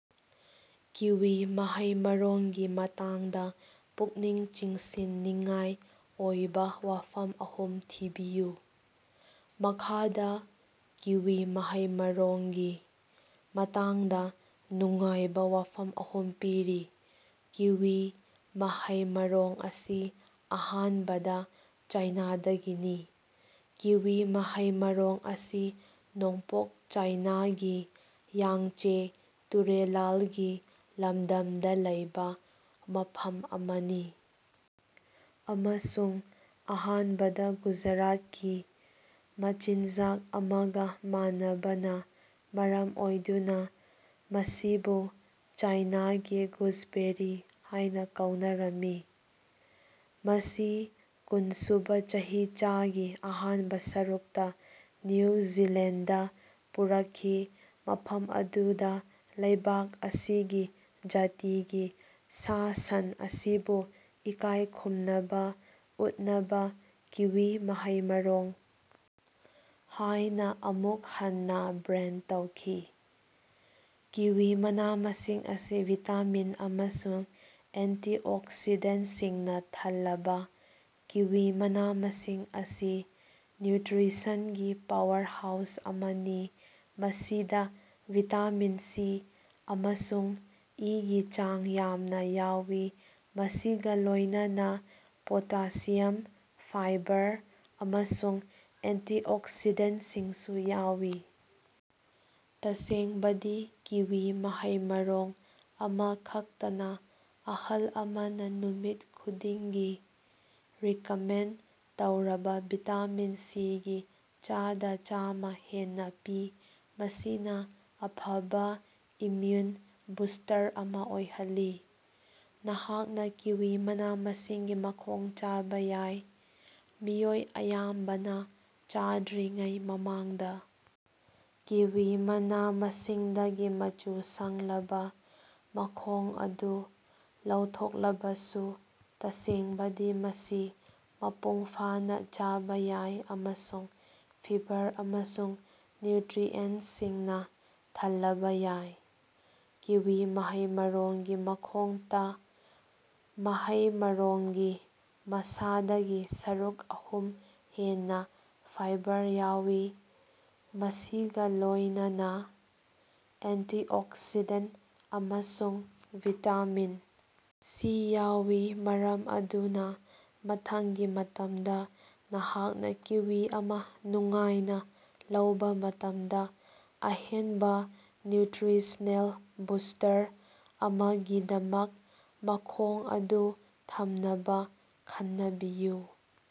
Kiwi ꯃꯍꯩ-ꯃꯔꯣꯡꯒꯤ ꯃꯇꯥꯡꯗ ꯄꯨꯛꯅꯤꯡ ꯆꯤꯡꯁꯤꯟꯅꯤꯡꯉꯥꯏ ꯑꯣꯏꯕꯥ ꯋꯥꯐꯝ ꯑꯍꯨꯝ ꯊꯤꯕꯤꯌꯨ꯫ ꯃꯈꯥꯗꯥ ꯀꯤꯋꯤ ꯃꯍꯩ-ꯃꯔꯣꯡꯒꯤ ꯃꯇꯥꯡꯗꯥ ꯅꯨꯡꯉꯥꯏꯕꯥ ꯋꯥꯐꯝ ꯑꯍꯨꯝ ꯄꯤꯔꯤ: ꯀꯤꯋꯤ ꯃꯍꯩ-ꯃꯔꯣꯡ ꯑꯁꯤ ꯑꯍꯥꯟꯕꯗ ꯆꯥꯏꯅꯥꯗꯒꯤꯅꯤ: ꯀꯤꯋꯤ ꯃꯍꯩ-ꯃꯔꯣꯡ ꯑꯁꯤ ꯅꯣꯡꯄꯣꯛ ꯆꯥꯏꯅꯥꯒꯤ ꯌꯥꯡꯆꯦ ꯇꯨꯔꯦꯂꯜꯒꯤ ꯂꯝꯗꯝꯗ ꯂꯩꯕꯥ ꯃꯐꯝ ꯑꯃꯅꯤ ꯑꯃꯁꯨꯡ ꯑꯍꯥꯟꯕꯗ ꯒꯨꯖꯔꯥꯇꯀꯤ ꯃꯆꯤꯟꯖꯥꯛ ꯑꯃꯒ ꯃꯥꯟꯅꯕꯅ ꯃꯔꯝ ꯑꯣꯏꯗꯨꯅ ꯃꯁꯤꯕꯨ "ꯆꯥꯏꯅꯥꯒꯤ ꯒꯨꯖꯕꯦꯔꯤ" ꯍꯥꯢꯅ ꯀꯧꯅꯔꯝꯃꯤ꯫ ꯃꯁꯤ ꯀꯨꯟꯁꯨꯕ ꯆꯍꯤꯆꯥꯒꯤ ꯑꯍꯥꯟꯕ ꯁꯔꯨꯛꯇ ꯅ꯭ꯌꯨ ꯖꯤꯂꯦꯟꯗꯗꯥ ꯄꯨꯔꯛꯈꯤ ꯃꯐꯝ ꯑꯗꯨꯗ ꯂꯩꯕꯥꯛ ꯑꯁꯤꯒꯤ ꯖꯥꯇꯤꯒꯤ ꯁꯥ-ꯁꯟ ꯑꯁꯤꯕꯨ ꯏꯀꯥꯢ ꯈꯨꯝꯅꯕ ꯎꯠꯅꯕ ꯀꯤꯋꯤ ꯃꯍꯩ-ꯃꯔꯣꯡ ꯍꯥꯢꯅ ꯑꯃꯨꯛ ꯍꯟꯅꯥ ꯕ꯭ꯔꯦꯟꯗ ꯇꯧꯈꯤ꯫ ꯀꯤꯋꯤ ꯃꯅꯥ-ꯃꯁꯤꯡ ꯑꯁꯤ ꯚꯤꯇꯥꯃꯤꯟ ꯑꯃꯁꯨꯡ ꯑꯦꯟꯇꯤꯑꯣꯛꯁꯤꯗꯦꯟꯇꯁꯤꯡꯅ ꯊꯜꯂꯕꯥ: ꯀꯤꯋꯤ ꯃꯅꯥ-ꯃꯁꯤꯡ ꯑꯁꯤ ꯅ꯭ꯌꯨꯇ꯭ꯔꯤꯁꯟꯒꯤ ꯄꯥꯋꯔꯍꯥꯎꯁ ꯑꯃꯅꯤ ꯃꯁꯤꯗ ꯚꯤꯇꯥꯃꯤꯟ ꯁꯤ ꯑꯃꯁꯨꯡ ꯏꯒꯤ ꯆꯥꯡ ꯌꯥꯝꯅꯥ ꯌꯥꯎꯏ ꯃꯁꯤꯒꯥ ꯂꯣꯢꯅꯅꯥ ꯄꯣꯇꯥꯁꯤꯌꯝ, ꯐꯥꯏꯕꯔ ꯑꯃꯁꯨꯡ ꯑꯦꯟꯇꯤꯑꯣꯛꯁꯤꯗꯦꯟꯇꯁꯤꯡꯁꯨ ꯌꯥꯎꯏ꯫ ꯇꯁꯦꯡꯕꯗꯤ ꯀꯤꯋꯤ ꯃꯍꯩ ꯃꯔꯣꯡ ꯑꯃꯈꯛꯇꯅ ꯑꯍꯜ ꯑꯃꯅ ꯅꯨꯃꯤꯠ ꯈꯨꯗꯤꯡꯒꯤ ꯔꯤꯀꯃꯦꯟꯗ ꯇꯧꯔꯕ ꯚꯤꯇꯥꯃꯤꯟ ꯁꯤꯒꯤ ꯆꯥꯗꯥ ꯆꯥꯝꯃ ꯍꯦꯟꯅ ꯄꯤ ꯃꯁꯤꯅ ꯑꯐꯕꯥ ꯏꯝꯃꯌꯨꯟ ꯕꯨꯁ꯭ꯇꯔ ꯑꯃ ꯑꯣꯏꯍꯜꯂꯤ꯫ ꯅꯍꯥꯛꯅ ꯀꯤꯋꯤ ꯃꯅꯥ-ꯃꯁꯤꯡꯒꯤ ꯃꯈꯣꯡ ꯆꯥꯕꯥ ꯌꯥꯏ: ꯃꯤꯑꯣꯏ ꯑꯌꯥꯝꯕꯅ ꯆꯥꯗ꯭ꯔꯤꯉꯩ ꯃꯃꯥꯡꯗ ꯀꯤꯋꯤ ꯃꯅꯥ-ꯃꯁꯤꯡꯗꯒꯤ ꯃꯆꯨ ꯁꯪꯂꯕ ꯃꯈꯣꯡ ꯑꯗꯨ ꯂꯧꯊꯣꯛꯂꯕꯁꯨ ꯇꯁꯦꯡꯕꯗꯤ ꯃꯁꯤ ꯃꯄꯨꯡꯐꯥꯅ ꯆꯥꯕꯥ ꯌꯥꯏ ꯑꯃꯁꯨꯡ ꯐꯤꯕꯔ ꯑꯃꯁꯨꯡ ꯅ꯭ꯌꯨꯇ꯭ꯔꯤꯑꯦꯟꯇꯁꯤꯡꯅ ꯊꯜꯂꯕ ꯌꯥꯏ꯫ ꯀꯤꯋꯤ ꯃꯍꯩ-ꯃꯔꯣꯡꯒꯤ ꯃꯈꯣꯛꯇ ꯃꯍꯩ-ꯃꯔꯣꯡꯒꯤ ꯃꯁꯥꯗꯒꯤ ꯁꯔꯨꯛ ꯑꯍꯨꯝ ꯍꯦꯟꯅꯥ ꯐꯥꯏꯕꯔ ꯌꯥꯎꯏ ꯃꯁꯤꯒꯥ ꯂꯣꯢꯅꯅꯥ ꯑꯦꯟꯇꯤꯑꯣꯛꯁꯤꯗꯦꯟꯇ ꯑꯃꯁꯨꯡ ꯚꯤꯇꯥꯃꯤꯟ ꯁꯤ ꯌꯥꯎꯏ ꯃꯔꯝ ꯑꯗꯨꯅ ꯃꯊꯪꯒꯤ ꯃꯇꯝꯗ ꯅꯍꯥꯛꯅ ꯀꯤꯋꯤ ꯑꯃ ꯅꯨꯡꯉꯥꯏꯅꯥ ꯂꯧꯕꯥ ꯃꯇꯝꯗ ꯑꯍꯦꯟꯕ ꯅ꯭ꯌꯨꯇ꯭ꯔꯤꯁꯅꯦꯜ ꯕꯨꯁ꯭ꯇꯔ ꯑꯃꯒꯤꯗꯃꯛ ꯃꯈꯣꯛ ꯑꯗꯨ ꯊꯝꯅꯕꯥ ꯈꯟꯅꯕꯤꯌꯨ꯫